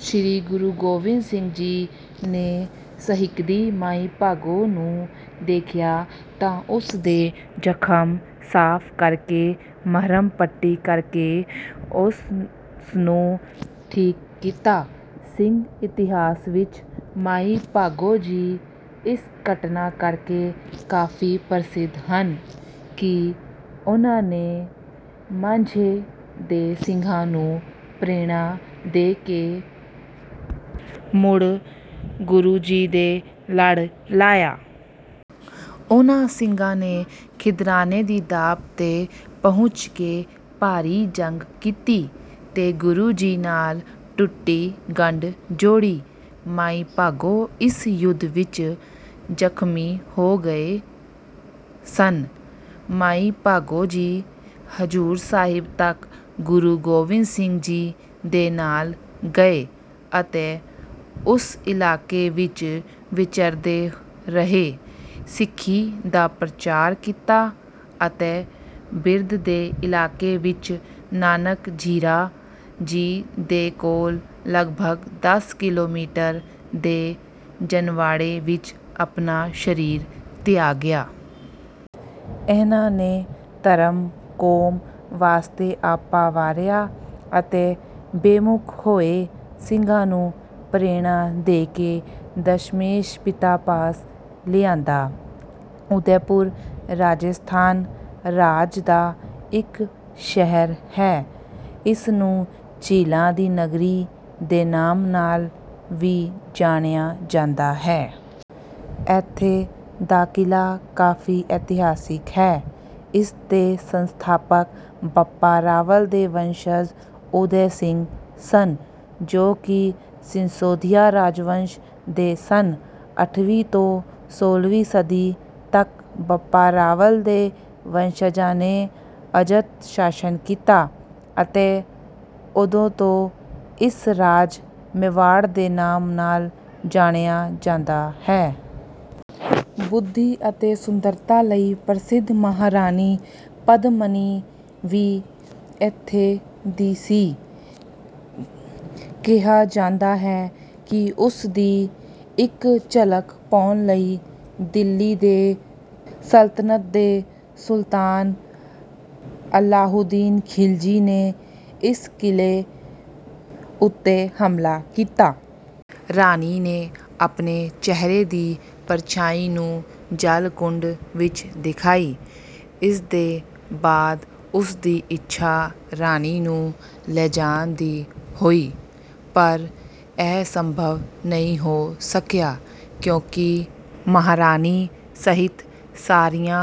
ਸ੍ਰੀ ਗੁਰੂ ਗੋਬਿੰਦ ਸਿੰਘ ਜੀ ਨੇ ਸਹਿਕਦੀ ਮਾਈ ਭਾਗੋ ਨੂੰ ਵੇਖਿਆ, ਤਾਂ ਉਸ ਦੇ ਜ਼ਖਮ ਸਾਫ਼ ਕਰਕੇ, ਮਰ੍ਹਮ ਪੱਟੀ ਕਰਕੇ ਉਸ ਨੂੰ ਠੀਕ ਕੀਤਾ। ਸਿੱਖ ਇਤਿਹਾਸ ਵਿਚ ਮਾਈ ਭਾਗੋ ਜੀ ਇਸ ਘਟਨਾ ਕਰਕੇ ਕਾਫੀ ਪ੍ਰਸਿੱਧ ਹਨ, ਕਿ ਉਨ੍ਹਾਂ ਨੇ ਮਾਝੇ ਦੇ ਸਿੱਖਾਂ ਨੂੰ ਪ੍ਰੇਰਣਾ ਦੇ ਕੇ ਮੁੜ ਗੁਰੂ ਜੀ ਦੇ ਲੜ ਲਾਇਆ। ਉਨ੍ਹਾਂ ਸਿੱਖਾਂ ਨੇ ਖਿਦਰਾਣੇ ਦੀ ਢਾਬ 'ਤੇ ਪਹੁੰਚ ਕੇ ਭਾਰੀ ਜੰਗ ਕੀਤੀ, ਤੇ ਗੁਰੂ ਜੀ ਨਾਲ ਟੁੱਟੀ ਗੰਢ ਜੋੜੀ। ਮਾਈ ਭਾਗੋ ਇਸ ਯੁੱਧ ਵਿਚ ਜ਼ਖਮੀ ਹੋ ਗਏ ਸਨ। ਮਾਈ ਭਾਗੋ ਜੀ ਹਜ਼ੂਰ ਸਾਹਿਬ ਤੱਕ ਗੁਰੂ ਗੋਬਿੰਦ ਸਿੰਘ ਜੀ ਦੇ ਨਾਲ ਗਏ, ਅਤੇ ਉਸ ਇਲਾਕੇ ਵਿਚ ਵਿਚਰਦੇ ਰਹੇ, ਸਿੱਖੀ ਦਾ ਪ੍ਰਚਾਰ ਕੀਤਾ, ਅਤੇ ਬਿਦਰ ਦੇ ਇਲਾਕੇ ਵਿਚ ਨਾਨਕ ਝੀਰਾ ਜੀ ਦੇ ਕੋਲ, ਲਗਭਗ ਦਸ ਕਿਲੋਮੀਟਰ ਦੇ ਜਨਵਾੜੇ ਵਿਚ ਆਪਣਾ ਸਰੀਰ ਤਿਆਗਿਆ। ਇਨ੍ਹਾਂ ਨੇ ਧਰਮ, ਕੌਮ ਵਾਸਤੇ ਆਪਾ ਵਾਰਿਆ, ਅਤੇ ਬੇਮੁੱਖ ਹੋਏ ਸਿੱਖਾਂ ਨੂੰ ਪ੍ਰੇਰਨਾ ਦੇ ਕੇ ਦਸਮੇਸ਼ ਪਿਤਾ ਪਾਸ ਲਿਆਂਦਾ। ਉਦੈਪੁਰ ਰਾਜਸਥਾਨ ਰਾਜ ਦਾ ਇੱਕ ਸ਼ਹਿਰ ਹੈ। ਇਸਨੂੰ ਝੀਲਾਂ ਦੀ ਨਗਰੀ ਦੇ ਨਾਮ ਨਾਲ ਵੀ ਜਾਣਿਆ ਜਾਂਦਾ ਹੈ। ਇੱਥੋਂ ਦਾ ਕਿਲ੍ਹਾ ਕਾਫੀ ਇਤਿਹਾਸਿਕ ਹੈ। ਇਸ ਦੇ ਸੰਸਥਾਪਕ ਬੱਪਾ ਰਾਵਲ ਦੇ ਵੰਸ਼ਜ ਉਦੈ ਸਿੰਘ ਸਨ, ਜੋ ਕਿ ਸ਼ਿਸ਼ੋਦੀਆ ਰਾਜਵੰਸ਼ ਦੇ ਸਨ। ਅੱਠਵੀਂ ਤੋਂ ਸੋਲ੍ਹਵੀਂ ਸਦੀ ਤੱਕ ਬੱਪਾ ਰਾਵਲ ਦੇ ਵੰਸ਼ਜਾਂ ਨੇ ਅਜਿੱਤ ਸ਼ਾਸਨ ਕੀਤਾ, ਅਤੇ ਉਦੋਂ ਤੋਂ ਇਸ ਰਾਜ ਮੇਵਾੜ ਦੇ ਨਾਮ ਨਾਲ ਜਾਣਿਆ ਜਾਂਦਾ ਹੈ। ਬੁੱਧੀ ਅਤੇ ਸੁੰਦਰਤਾ ਲਈ ਪ੍ਰਸਿੱਧ ਮਹਾਰਾਣੀ ਪਦਮਨੀ ਵੀ ਇੱਥੇ ਦੀ ਸੀ। ਕਿਹਾ ਜਾਂਦਾ ਹੈ ਕਿ ਉਸ ਦੀ ਇੱਕ ਝਲਕ ਪਾਉਣ ਲਈ ਦਿੱਲੀ ਦੇ ਸਲਤਨਤ ਦੇ ਸੁਲਤਾਨ ਅਲਾਉਦੀਨ ਖਿਲਜੀ ਨੇ ਇਸ ਕਿਲੇ ਉੱਤੇ ਹਮਲਾ ਕੀਤਾ। ਰਾਣੀ ਨੇ ਆਪਣੇ ਚਿਹਰੇ ਦੀ ਪਰਛਾਈ ਨੂੰ ਜਲ ਕੁੰਡ ਵਿੱਚ ਦਿਖਾਈ। ਇਸ ਦੇ ਬਾਅਦ ਉਸ ਦੀ ਇੱਛਾ ਰਾਣੀ ਨੂੰ ਲੈ ਜਾਣ ਦੀ ਹੋਈ। ਪਰ ਇਹ ਸੰਭਵ ਨਹੀਂ ਹੋ ਸਕਿਆ। ਕਿਉਂਕਿ ਮਹਾਰਾਣੀ ਸਹਿਤ ਸਾਰੀਆਂ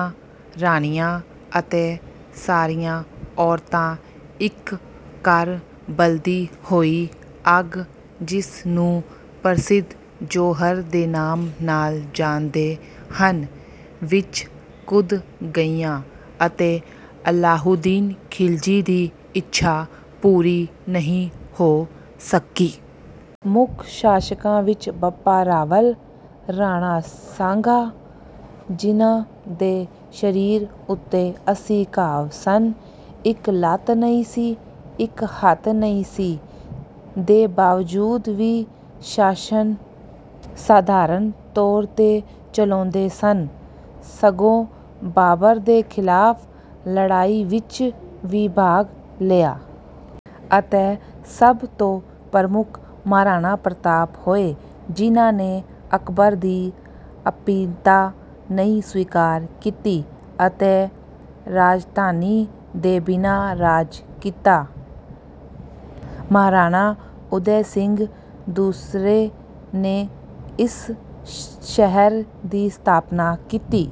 ਰਾਣੀਆਂ ਅਤੇ ਸਾਰੀਆਂ ਔਰਤਾਂ ਇੱਕ ਕਰ ਬਲਦੀ ਹੋਈ ਅੱਗ, ਜਿਸ ਨੂੰ ਪ੍ਰਸਿੱਧ ਜੌਹਰ ਦੇ ਨਾਮ ਨਾਲ ਜਾਣਦੇ ਹਨ, ਵਿੱਚ ਕੁੱਦ ਗਈਆਂ, ਅਤੇ ਅਲਾਉਦੀਨ ਖਿਲਜੀ ਦੀ ਇੱਛਾ ਪੂਰੀ ਨਹੀਂ ਹੋ ਸਕੀ। ਮੁੱਖ ਸ਼ਾਸਕਾਂ ਵਿੱਚ ਬੱਪਾ ਰਾਵਲ, ਰਾਣਾ ਸਾਂਗਾ ਜਿਹਨਾਂ ਦੇ ਸਰੀਰ ਉੱਤੇ ਅੱਸੀ ਘਾਵ ਸਨ, ਇੱਕ ਲੱਤ ਨਹੀਂ ਸੀ, ਇੱਕ ਹੱਥ ਨਹੀਂ ਸੀ, ਦੇ ਬਾਵਜੂਦ ਵੀ ਸ਼ਾਸਨ ਸਧਾਰਨ ਤੌਰ ਤੇ ਚਲਾਉਂਦੇ ਸਨ, ਸਗੋਂ ਬਾਬਰ ਦੇ ਖਿਲਾਫ ਲੜਾਈ ਵਿੱਚ ਵੀ ਭਾਗ ਲਿਆ। ਅਤੇ ਸਭ ਤੋਂ ਪ੍ਰਮੁੱਖ ਮਹਾਰਾਣਾ ਪ੍ਰਤਾਪ ਹੋਏ, ਜਿਹਨਾਂ ਨੇ ਅਕਬਰ ਦੀ ਅਧੀਨਤਾ ਨਹੀਂ ਸਵੀਕਾਰ ਕੀਤੀ, ਅਤੇ ਰਾਜਧਾਨੀ ਦੇ ਬਿਨਾਂ ਰਾਜ ਕੀਤਾ। ਮਹਾਰਾਣਾ ਉਦੈ ਸਿੰਘ ਦੂਸਰੇ ਨੇ ਇਸ ਸ਼ਹਿਰ ਦੀ ਸਥਾਪਨਾ ਕੀਤੀ